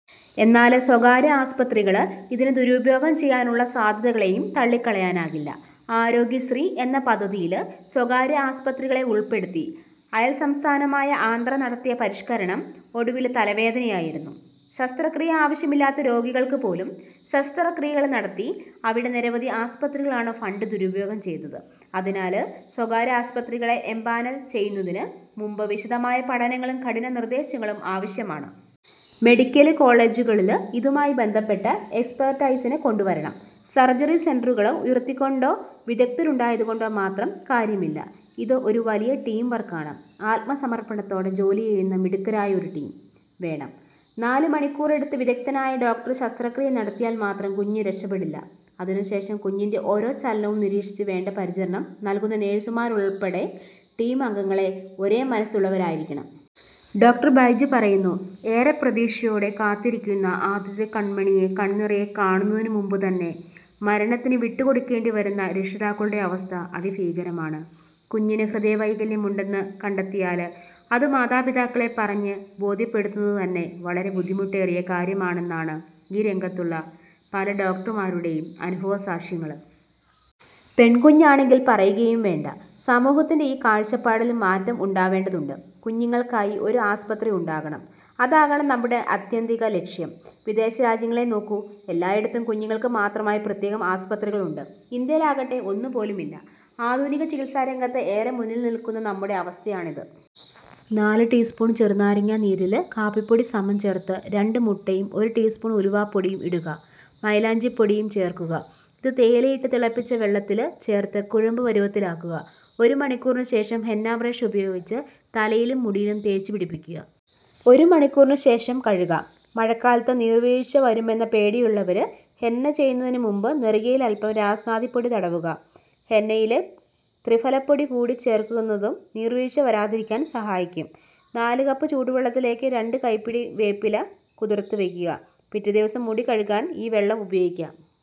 എന്നാല് സ്വകാര്യ ആസ്പത്രികള് ഇതിനെ ദുരുപയോഗം ചെയ്യാനുള്ള സാധ്യതകളെയും തള്ളിക്കളയാനാകില്ല. ആരോഗ്യശ്രീ എന്ന പദ്ധതിയില് സ്വകാര്യ ആസ്പത്രികളെ ഉള്പ്പെടുത്തി അയല്സംസ്ഥാനമായ ആന്ധ്ര നടത്തിയ പരിഷ്ക്കണം ഒടുവില് തലവേദനയായിരുന്നു. ശസ്ത്രക്രിയ ആവശ്യമില്ലാത്ത രോഗികള്ക്ക് പോലും ശസ്ത്രക്രിയകള് നടത്തി അവിടെ നിരവധി ആസ്പത്രികളാണ് ഫണ്ട് ദുരുപയോഗം ചെയ്തത്. അതിനാല് സ്വകാര്യ ആസ്പത്രികളെ എംപാനല് ചെയ്യുന്നതിന് മുമ്പ് വിശദമായ പഠനങ്ങളും കഠിന നിര്ദേശങ്ങളും ആവശ്യമാണ്. 'മെഡിക്കല് കോളേജുകളില് ഇതുമായി ബന്ധപ്പെട്ട എക്സ്പെര്ട്ടൈസിനെ കൊണ്ടുവരണം. സര്ജറി സെന്ററുകള് ഉയര്ത്തിയതുകൊണ്ടോ വിഗദ്ധരുണ്ടായതുകൊണ്ടോ മാത്രം കാര്യമില്ല. ഇത് ഒരു വലിയ ടീം വര്ക്കാണ്. ആത്മസമര്പ്പണത്തോടെ ജോലി ചെയ്യുന്ന മിടുക്കരായ ഒരു ടീം വേണം. നാലുമണിക്കൂറെടുത്ത് വിദഗ്ധനായ ഡോക്ടര് ശസ്ത്രക്രിയ നടത്തിയാല് മാത്രം കുഞ്ഞ് രക്ഷപ്പെടില്ല. അതിനുശേഷം കുഞ്ഞിന്റെ ഓരോ ചലനവും നിരീക്ഷിച്ച് വേണ്ട പരിചരണം നല്കുന്ന നഴ്സുമാരുള്പ്പടെ ടീമംഗങ്ങളെല്ലാം ഒരേ മനസ്സുള്ളവരായിരിക്കണം. ' ഡോ. ബൈജു പറയുന്നു. ഏറെ പ്രതീക്ഷയോടെ കാത്തിരിക്കുന്ന ആദ്യത്തെ കണ്മണിയെ കണ്നിറയെ കാണുന്നതിന് മുമ്പുതന്നെ മരണത്തിന് വിട്ടുകൊടുക്കേണ്ടി വരുന്ന രക്ഷിതാക്കളുടെ അവസ്ഥ അതിഭീകരമാണ്. കുഞ്ഞിന് ഹൃദയവൈകല്യമുണ്ടെന്ന് കണ്ടെത്തിയാല് അത് മാതാപിതാക്കളെ പറഞ്ഞു ബോധ്യപ്പെടുത്തുന്നത് തന്നെ വളരെ ബുദ്ധിമുട്ടേറിയ കാര്യമാണെന്നാണ് ഈ രംഗത്തുള്ള പല ഡോക്ടര്മാരുടെയും അനുഭവസാക്ഷ്യങ്ങള്. പെണ്കുഞ്ഞാണെങ്കില് പറയുകയും വേണ്ട. സമൂഹത്തിന്റെ ഈ കാഴ്ചപ്പാടിലും മാറ്റം ഉണ്ടാവേണ്ടതുണ്ട്. 'കുഞ്ഞുങ്ങള്ക്കായി ഒരു ആസ്പത്രി ഉണ്ടാകണം. അതാകണം നമ്മുടെ ആത്യന്തിക ലക്ഷ്യം. വിദേശരാജ്യങ്ങളെ നോക്കൂ. എല്ലായിടത്തും കുഞ്ഞുങ്ങള്ക്ക് മാത്രമായി പ്രത്യേകം ആസ്പത്രികളുണ്ട്. ഇന്ത്യയിലാകട്ടെ ഒന്നുപോലും ഇല്ല. ആധുനിക ചികിത്സാരംഗത്ത് ഏറെ മുന്നില് നില്ക്കുന്ന നമ്മുടെ അവസ്ഥയാണ് ഇത്. നാല് ടീസ്പൂണ് ചെറുനാരങ്ങാ നീരില് കാപ്പിപ്പൊടി സമം ചേര്ത്ത് രണ്ട് മുട്ടയും ഒരു ടീസ്പൂണ് ഉലുവപ്പൊടിയും ഇടുക. മൈലാഞ്ചിപ്പൊടിയും ചേര്ക്കുക. ഇത് തേയില ഇട്ടു തിളപ്പിച്ച വെള്ളത്തില് ചേര്ത്ത് കുഴമ്പ് പരുവത്തിലാക്കുക. ഒരു മണിക്കൂറിനു ശേഷം ഹെന്ന ബ്രഷ് ഉപയോഗിച്ച് തലയിലും മുടിയിലും തേച്ചു പിടിപ്പിക്കുക. ഒരു മണിക്കൂറിനുശേഷം കഴുകാം. മഴക്കാലത്ത് നീര് വീഴ്ച വരുമെന്ന പേടിയുള്ളവര് ഹെന്ന ചെയ്യുന്നതിനു മുമ്പ് നെറുകയില് അല്പം രാസ്നാദിപ്പൊടി തടവുക. ഹെന്നയില് ത്രിഫലപ്പൊടി കൂടി ചേര്ക്കുന്നതും നീര് വീഴ്ച വരാതിരിക്കാന് സഹായിക്കും. നാലു കപ്പ് ചൂടുവെള്ളത്തിലേക്ക് രണ്ടു കൈപ്പിടി വേപ്പില കുതിര്ത്തു വയ്ക്കുക. പിറ്റേ ദിവസം മുടി കഴുകാന് ഈ വെള്ളം ഉപയോഗിക്കാം.